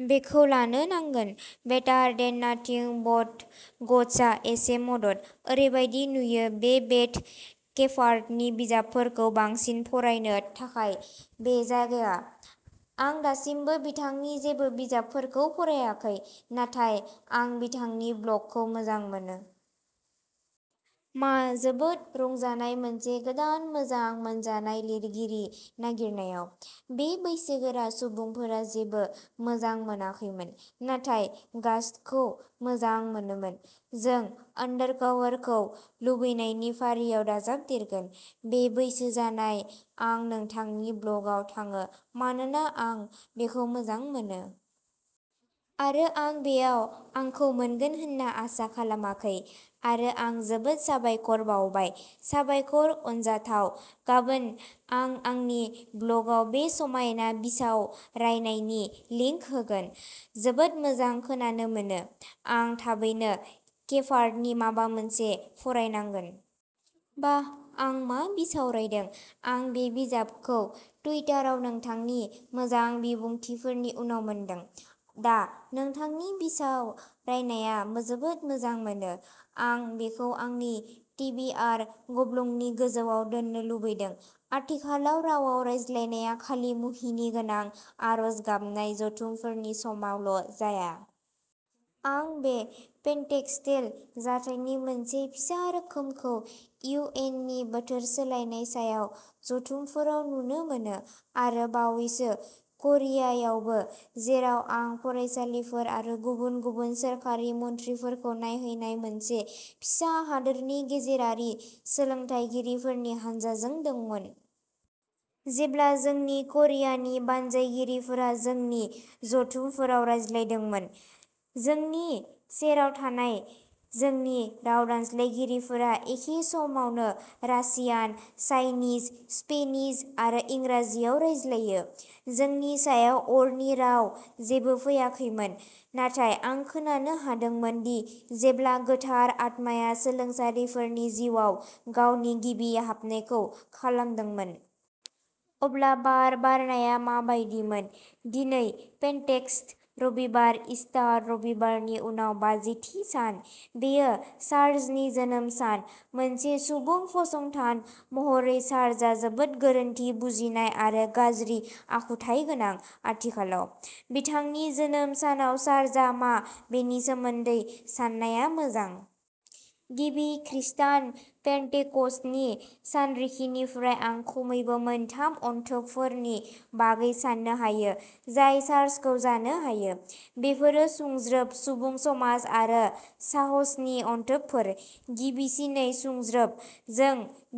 बेखौ लानो नांगोन। बेटार देन नाथिं ब'ट ग'स्ट्सआ एसे मदद। ओरैबायदि नुयो बे बेथ केफार्टनि बिजाबफोरखौ बांसिन फरायनो थाखाय बे जायगाया। आं दासिमबो बिथांनि जेबो बिजाबफोरखौ फरायाखै। नाथाय आं बिथांनि ब्लगखौ मोजां मोनो। मा जोबोद रंजानाय मोनसे गोदान मोजां मोनजानाय लिरगिरि नागिरनायाव। बे बैसोगोरा सुबुंफोरा जेबो मोजां मोनाखैमोन। नाथाय गास्सखौ मोजां मोनोमोन। जों अनडारकभारखौ लुबैनायनि फारियाव दाजाबदेरगोन। बे बैसो जानाय आं नोंथांनि ब्लगआव थाङो मानोना आं बेखौ मोजां मोनो। आरो आं बेयाव आंखौ मोनगोन होनना आसा खालामाखै। आरो आं जोबोद जोबोद साबायखर बावबाय। साबायखर अनजाथाव। गाबोन आं आंनि ब्लगआव बे समायना बिसावरायनायनि लिंक होगोन। जोबोद मोजां खोनानो मोनो। आं थाबैनो केफार्टनि माबा मोनसे फरायनांगोन। बाह आं मा बिसावरायदों। आं बे बिजाबखौ टुइटाराव नोंथांनि मोजां बिबुंथिफोरनि उनाव मोनदों। दा नोंथांनि बिसावरायनाया जोबोद मोजां मोनो। आं बेखौ आंनि टिबिआर गब्लंनि गोजौआव दोननो लुबैदों। आथिखालाव रावाव रायज्लायनाया खालि मुहिनिगोनां आरज गाबनाय जथुमफोरनि समावल' जाया। आं बे पेन्टेकस्टेल जाथायनि मोनसे फिसा रोखोमखौ इउ एन नि बोथोर सोलायनाय सायाव जथुमफोराव नुनो मोनो। आरो बावैसो करियायावबो जेराव आं फरायसालिफोर आरो गुबुन गुबुन सोरखारि मन्थ्रिफोरखौ नायहैनाय मोनसे फिसा हादोर गेजेरारि सोलोंथायगिरिफोरनि हानजाजों दंमोन। जेब्ला जोंनि क'रियानि बानजायगिरिफोरा जोंनि जथुमफोराव रायज्लायदोंमोन। जोंनि सेराव थानाय जोंनि राव दानस्लायगिरिफोरा एखे समावनो रासियान, चाइनिज, स्पेनिश आरो इंराजियाव रायज्लायो। जोंनि सायाव अरनि राव जेबो फैयाखैमोन। नाथाय आं खोनानो हादोंमोन दि जेब्ला गोथार आत्माया सोलोंसाफोरनि जिउआव गावनि गिबि हाबनायखौ खालामदोंमोन। अब्ला बार बारनाया माबायदिमोन। दिनै पेन्टेकस्ट रबिबार, ईस्टर रबिबारनि उनाव बाजिथि सान। बेयो चार्चनि जोनोम सान। मोनसे सुबुं फसंथान महरै चार्चआ जोबोद गोरोन्थि बुजिनाय आरो गाज्रि आखुथाय गोनां। आथिखालाव। बिथांनि जोनोम सानाव चार्चआ मा बेनि सोमोन्दै साननाया मोजां। गिबि खृस्टान पेन्टेक'स्टनि सानरिखिनिफ्राय आं खमैबो मोनथाम अनथोबफोरनि बागै साननो हायो जाय चार्चखौ जानो हायो। बेफोरो सुंज्रोब सुबुं समाज आरो साहसनि अनथोबफोर। गिबिसिनै सुंज्रोब। जों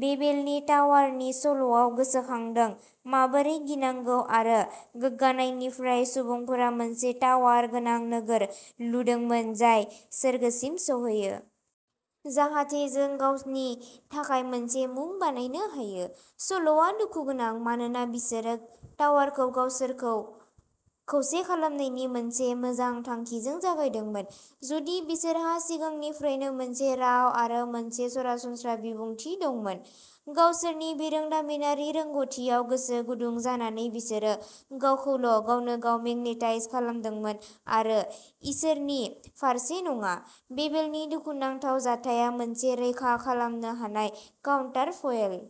बेबेलनि टावारनि सल'आव गोसोखांदों माबोरै गिनांगौ आरो गोग्गानायनिफ्राय सुबुंफोरा मोनसे टावार गोनां नोगोर लुदोंमोन जाय सोरगोसिम सौहैयो। जाहाथे जों गावनि थाखाय मोनसे मुं बानायनो हायो। सल'आ दुखुगोनां मानोना बिसोरो टावारखौ गावसोरखौ खौसे खालामनायनि मोनसे मोजां थांखिजों जागायदोंमोन। जुदि बिसोरहा सिगांनिफ्रायनो मोनसे राव आरो मोनसे सरासनस्रा बिबुंथि दंमोन। गावसोरनि बिरोंदामिनारि रोंग'थियाव गोसो गुदुं जानानै बिसोरो गावखौल' गावनोगाव मेगनेटाइज खालामदोंमोन आरो इसोरनि फारसे नङा। बेबेलनि दुखुनांथाव जाथाया मोनसे रैखा खालामनो हानाय काउन्टार फयल।